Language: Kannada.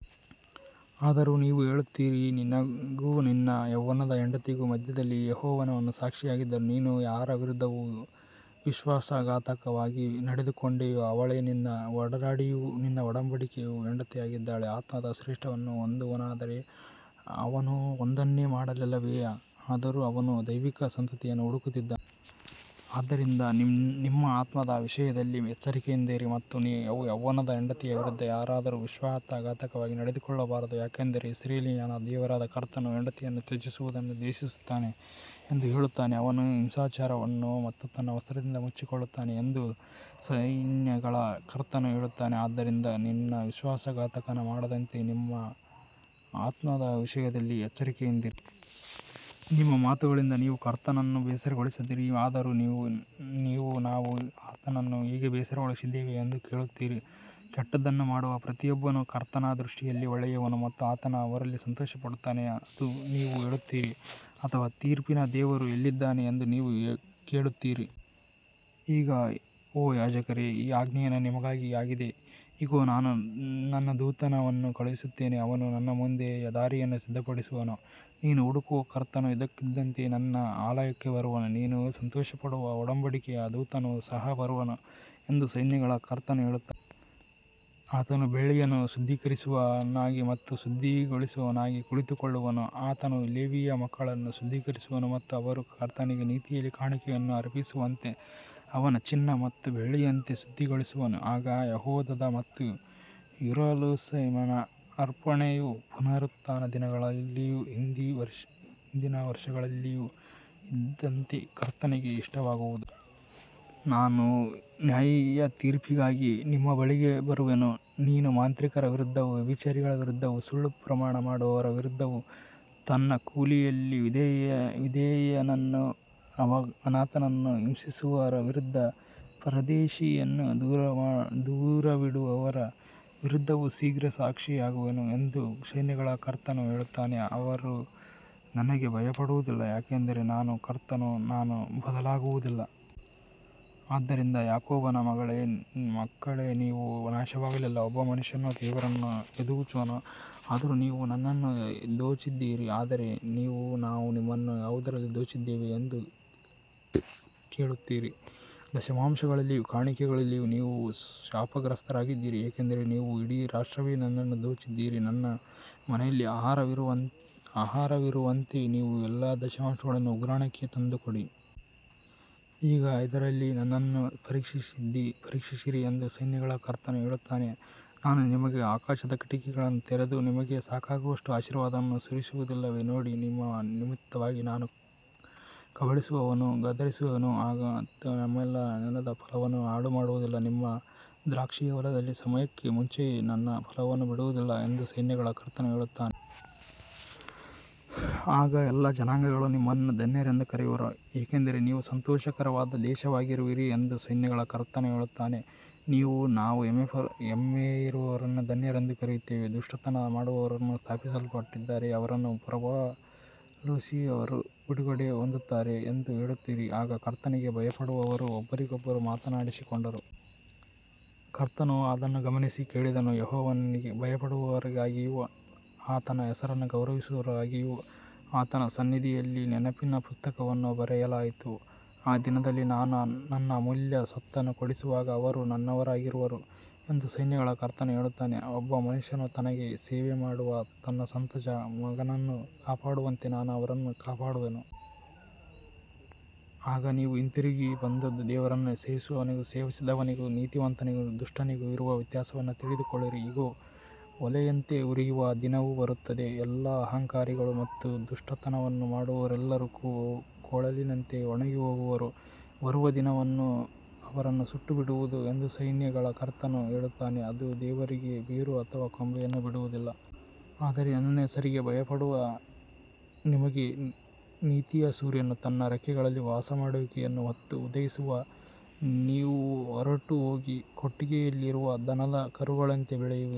ಆದರೂ ನೀವು ಹೇಳುತ್ತೀರಿ, ನಿನಗೂ ನಿನ್ನ ಯೌವನದ ಹೆಂಡತಿಗೂ ಮಧ್ಯದಲ್ಲಿ ಯೆಹೋವನು ಸಾಕ್ಷಿಯಾಗಿದ್ದರೂ, ನೀನು ಯಾರ ವಿರುದ್ಧ ವಿಶ್ವಾಸಘಾತುಕವಾಗಿ ನಡೆದುಕೊಂಡೆಯೋ ಅವಳೇ ನಿನ್ನ ಒಡನಾಡಿಯೂ ನಿನ್ನ ಒಡಂಬಡಿಕೆಯ ಹೆಂಡತಿಯೂ ಆಗಿದ್ದಾಳೆ. ಆತ್ಮದ ಶೇಷವನ್ನು ಹೊಂದಿದ್ದವನಾದರೂ, ಅವನು ಒಂದನ್ನೇ ಮಾಡಲಿಲ್ಲವೇ? ಆದರೂ ಅವನು ದೈವಿಕ ಸಂತತಿಯನ್ನು ಹುಡುಕುತ್ತಿದ್ದನು. ಆದ್ದರಿಂದ ನಿಮ್ಮ ಆತ್ಮದ ವಿಷಯದಲ್ಲಿ ಎಚ್ಚರಿಕೆಯಿಂದಿರಿ ಮತ್ತು ತನ್ನ ಯೌವನದ ಹೆಂಡತಿಯ ವಿರುದ್ಧ ಯಾರೂ ವಿಶ್ವಾಸಘಾತುಕವಾಗಿ ನಡೆದುಕೊಳ್ಳಬಾರದು. ಯಾಕಂದರೆ ಇಸ್ರಾಯೇಲಿನ ದೇವರಾದ ಕರ್ತನು ಹೆಂಡತಿಯನ್ನು ತ್ಯಜಿಸುವುದನ್ನು ದ್ವೇಷಿಸುತ್ತಾನೆ ಎಂದು ಹೇಳುತ್ತಾನೆ. ಅವನು ಹಿಂಸಾಚಾರವನ್ನು ತನ್ನ ವಸ್ತ್ರದಿಂದ ಮುಚ್ಚಿಕೊಳ್ಳುತ್ತಾನೆ ಎಂದು ಸೈನ್ಯಗಳ ಕರ್ತನು ಹೇಳುತ್ತಾನೆ. ಆದ್ದರಿಂದ ನೀವು ವಿಶ್ವಾಸಘಾತುಕತನ ಮಾಡದಂತೆ ನಿಮ್ಮ ಆತ್ಮದ ವಿಷಯದಲ್ಲಿ ಎಚ್ಚರಿಕೆಯಿಂದಿರಿ. ನಿಮ್ಮ ಮಾತುಗಳಿಂದ ನೀವು ಕರ್ತನನ್ನು ಬೇಸರಗೊಳಿಸಿದ್ದೀರಿ. ಆದರೂ ನೀವು, ನಾವು ಆತನನ್ನು ಹೇಗೆ ಬೇಸರಗೊಳಿಸಿದ್ದೇವೆ ಎಂದು ಕೇಳುತ್ತೀರಿ. ಕೆಟ್ಟದ್ದನ್ನು ಮಾಡುವ ಪ್ರತಿಯೊಬ್ಬನೂ ಕರ್ತನ ದೃಷ್ಟಿಯಲ್ಲಿ ಒಳ್ಳೆಯವನು ಮತ್ತು ಆತನು ಅವರಲ್ಲಿ ಸಂತೋಷಪಡುತ್ತಾನೆ ಎಂದು ನೀವು ಹೇಳುತ್ತೀರಿ. ಅಥವಾ, ತೀರ್ಪಿನ ದೇವರು ಎಲ್ಲಿದ್ದಾನೆ ಎಂದು ನೀವು ಕೇಳುತ್ತೀರಿ. ಈಗ ಓ ಯಾಜಕರೇ, ಈ ಆಜ್ಞೆಯು ನಿಮಗಾಗಿ ಆಗಿದೆ. ಇಗೋ, ನಾನು ನನ್ನ ದೂತನನ್ನು ಕಳುಹಿಸುವೆನು ಮತ್ತು ಅವನು ನನ್ನ ಮುಂದೆ ದಾರಿಯನ್ನು ಸಿದ್ಧಪಡಿಸುವನು. ನೀವು ಹುಡುಕುವ ಕರ್ತನು ಇದ್ದಕ್ಕಿದ್ದಂತೆ ತನ್ನ ಆಲಯಕ್ಕೆ ಬರುವನು. ನೀವು ಸಂತೋಷಪಡುವ ಒಡಂಬಡಿಕೆಯ ದೂತನು ಸಹ ಬರುವನು ಎಂದು ಸೈನ್ಯಗಳ ಕರ್ತನು ಹೇಳುತ್ತಾನೆ. ಆತನು ಬೆಳ್ಳಿಯನ್ನು ಶುದ್ಧೀಕರಿಸುವವನಾಗಿ ಮತ್ತು ಶುದ್ಧಿಗೊಳಿಸುವವನಾಗಿ ಕುಳಿತುಕೊಳ್ಳುವನು. ಆತನು ಲೇವಿಯ ಮಕ್ಕಳನ್ನು ಶುದ್ಧೀಕರಿಸುವನು ಮತ್ತು ಅವರು ಕರ್ತನಿಗೆ ನೀತಿಯಲ್ಲಿ ಕಾಣಿಕೆಯನ್ನು ಅರ್ಪಿಸುವಂತೆ ಅವರನ್ನು ಚಿನ್ನ ಮತ್ತು ಬೆಳ್ಳಿಯಂತೆ ಶುದ್ಧಿಗೊಳಿಸುವನು. ಆಗ ಯೆಹೂದದ ಮತ್ತು ಯೆರೂಸಲೇಮಿನ ಅರ್ಪಣೆಯು ಪುರಾತನ ದಿನಗಳಲ್ಲಿಯೂ ಹಿಂದಿನ ವರ್ಷಗಳಲ್ಲಿಯೂ ಇದ್ದಂತೆ ಕರ್ತನಿಗೆ ಇಷ್ಟವಾಗುವುದು. ನಾನು ನ್ಯಾಯತೀರ್ಪಿಗಾಗಿ ನಿಮ್ಮ ಬಳಿಗೆ ಬರುವೆನು. ನಾನು ಮಾಂತ್ರಿಕರ ವಿರುದ್ಧವೂ ವ್ಯಭಿಚಾರಿಗಳ ವಿರುದ್ಧವೂ ಸುಳ್ಳು ಪ್ರಮಾಣ ಮಾಡುವವರ ವಿರುದ್ಧವೂ ತನ್ನ ಕೂಲಿಯಲ್ಲಿ ವಿಧವೆಯನ್ನೂ ಅನಾಥನನ್ನೂ ಹಿಂಸಿಸುವವರ ವಿರುದ್ಧವೂ ಪರದೇಶಿಯನ್ನು ದೂರವಿಡುವವರ ವಿರುದ್ಧವೂ ಶೀಘ್ರ ಸಾಕ್ಷಿಯಾಗುವೆನು ಎಂದು ಸೈನ್ಯಗಳ ಕರ್ತನು ಹೇಳುತ್ತಾನೆ. ಅವರು ನನಗೆ ಭಯಪಡುವುದಿಲ್ಲ. ಯಾಕಂದರೆ ನಾನು ಕರ್ತನು, ನಾನು ಬದಲಾಗುವುದಿಲ್ಲ. ಆದ್ದರಿಂದ ಯಾಕೋಬನ ಮಕ್ಕಳೇ, ನೀವು ನಾಶವಾಗಲಿಲ್ಲ. ಒಬ್ಬ ಮನುಷ್ಯನು ದೇವರನ್ನು ದೋಚುವನೋ? ಆದರೂ ನೀವು ನನ್ನನ್ನು ದೋಚಿದ್ದೀರಿ. ಆದರೆ ನೀವು, ನಾವು ನಿಮ್ಮನ್ನು ಯಾವುದರಲ್ಲಿ ದೋಚಿದ್ದೇವೆ ಎಂದು ಕೇಳುತ್ತೀರಿ. ದಶಮಾಂಶಗಳಲ್ಲಿಯೂ ಕಾಣಿಕೆಗಳಲ್ಲಿಯೂ. ನೀವು ಶಾಪಗ್ರಸ್ತರಾಗಿದ್ದೀರಿ, ಏಕೆಂದರೆ ನೀವು ಇಡೀ ರಾಷ್ಟ್ರವೇ ನನ್ನನ್ನು ದೋಚಿದ್ದೀರಿ. ನನ್ನ ಮನೆಯಲ್ಲಿ ಆಹಾರವಿರುವಂತೆ ನೀವು ಎಲ್ಲಾ ದಶಮಾಂಶಗಳನ್ನು ಉಗ್ರಾಣಕ್ಕೆ ತಂದುಕೊಡಿ. ಈಗ ಇದರಲ್ಲಿ ನನ್ನನ್ನು ಪರೀಕ್ಷಿಸಿರಿ ಎಂದು ಸೈನ್ಯಗಳ ಕರ್ತನು ಹೇಳುತ್ತಾನೆ. ನಾನು ನಿಮಗೆ ಆಕಾಶದ ಕಿಟಕಿಗಳನ್ನು ತೆರೆದು, ನಿಮಗೆ ಸಾಕಾಗುವಷ್ಟು ಆಶೀರ್ವಾದವನ್ನು ಸುರಿಸುವುದಿಲ್ಲವೋ ನೋಡಿ. ನಿಮ್ಮ ನಿಮಿತ್ತವಾಗಿ ನಾನು ಕಬಳಿಸುವವನನ್ನು ಗದರಿಸುವೆನು ಮತ್ತು ಅವನು ನಿಮ್ಮ ನೆಲದ ಫಲವನ್ನು ಹಾಳುಮಾಡುವುದಿಲ್ಲ. ನಿಮ್ಮ ದ್ರಾಕ್ಷಿಯು ಹೊಲದಲ್ಲಿ ಸಮಯಕ್ಕೆ ಮುಂಚೆಯೇ ತನ್ನ ಫಲವನ್ನು ಬಿಡುವುದಿಲ್ಲ ಎಂದು ಸೈನ್ಯಗಳ ಕರ್ತನು ಹೇಳುತ್ತಾನೆ. ಆಗ ಎಲ್ಲಾ ಜನಾಂಗಗಳು ನಿಮ್ಮನ್ನು ಧನ್ಯರೆಂದು ಕರೆಯುವರು, ಏಕೆಂದರೆ ನೀವು ಸಂತೋಷಕರವಾದ ದೇಶವಾಗಿರುವಿರಿ ಎಂದು ಸೈನ್ಯಗಳ ಕರ್ತನು ಹೇಳುತ್ತಾನೆ. ನೀವು, ನಾವು ಹೆಮ್ಮೆಯವರನ್ನು ಧನ್ಯರೆಂದು ಕರೆಯುತ್ತೇವೆ, ದುಷ್ಟತನವನ್ನು ಮಾಡುವವರು ಸ್ಥಾಪಿಸಲ್ಪಟ್ಟಿದ್ದಾರೆ, ದೇವರನ್ನು ಪ್ರಲೋಭಿಸುವವರೂ ಬಿಡುಗಡೆ ಹೊಂದುತ್ತಾರೆ ಎಂದು ಹೇಳುತ್ತೀರಿ. ಆಗ ಕರ್ತನಿಗೆ ಭಯಪಡುವವರು ಒಬ್ಬರಿಗೊಬ್ಬರು ಮಾತನಾಡಿಕೊಂಡರು. ಕರ್ತನು ಅದನ್ನು ಗಮನಿಸಿ ಕೇಳಿದನು. ಯೆಹೋವನಿಗೆ ಭಯಪಡುವವರಿಗಾಗಿಯೂ ಆತನ ಹೆಸರನ್ನು ಗೌರವಿಸುವವರಿಗಾಗಿಯೂ ಆತನ ಸನ್ನಿಧಿಯಲ್ಲಿ ನೆನಪಿನ ಪುಸ್ತಕವನ್ನು ಬರೆಯಲಾಯಿತು. ಆ ದಿನದಲ್ಲಿ ನಾನು ನನ್ನ ಅಮೂಲ್ಯ ಸ್ವತ್ತನ್ನು ಕೂಡಿಸುವಾಗ ಅವರು ನನ್ನವರಾಗಿರುವರು ಎಂದು ಸೈನ್ಯಗಳ ಕರ್ತನು ಹೇಳುತ್ತಾನೆ. ಒಬ್ಬ ಮನುಷ್ಯನು ತನಗೆ ಸೇವೆಮಾಡುವ ತನ್ನ ಸ್ವಂತ ಮಗನನ್ನು ಕಾಪಾಡುವಂತೆ ನಾನು ಅವರನ್ನು ಕಾಪಾಡುವೆನು. ಆಗ ನೀವು ಹಿಂತಿರುಗಿ ಬಂದು ದೇವರನ್ನು ಸೇವಿಸುವವನಿಗೂ ಸೇವಿಸದವನಿಗೂ, ನೀತಿವಂತನಿಗೂ ದುಷ್ಟನಿಗೂ ಇರುವ ವ್ಯತ್ಯಾಸವನ್ನು ತಿಳಿದುಕೊಳ್ಳುವಿರಿ. ಇಗೋ, ಒಲೆಯಂತೆ ಉರಿಯುವ ದಿನವು ಬರುತ್ತದೆ. ಎಲ್ಲಾ ಅಹಂಕಾರಿಗಳೂ ಮತ್ತು ದುಷ್ಟತನವನ್ನು ಮಾಡುವವರೆಲ್ಲರೂ ಕೊಳಲಿನಂತೆ ಒಣಗಿಹೋಗುವರು. ಬರುವ ದಿನವು ಅವರನ್ನು ಸುಟ್ಟುಬಿಡುವುದು ಎಂದು ಸೈನ್ಯಗಳ ಕರ್ತನು ಹೇಳುತ್ತಾನೆ. ಅದು ಅವರಿಗೆ ಬೇರು ಅಥವಾ ಕೊಂಬೆಯನ್ನು ಬಿಡುವುದಿಲ್ಲ. ಆದರೆ ನನ್ನ ಹೆಸರಿಗೆ ಭಯಪಡುವ ನಿಮಗೆ ನೀತಿಯ ಸೂರ್ಯನು ತನ್ನ ರೆಕ್ಕೆಗಳಲ್ಲಿ ವಾಸಿಮಾಡುವಿಕೆಯನ್ನು ಹೊತ್ತು ಉದಯಿಸುವನು. ನೀವು ಹೊರಟು ಹೋಗಿ ಕೊಟ್ಟಿಗೆಯಲ್ಲಿರುವ ದನದ ಕರುಗಳಂತೆ ಬೆಳೆಯುವಿರಿ.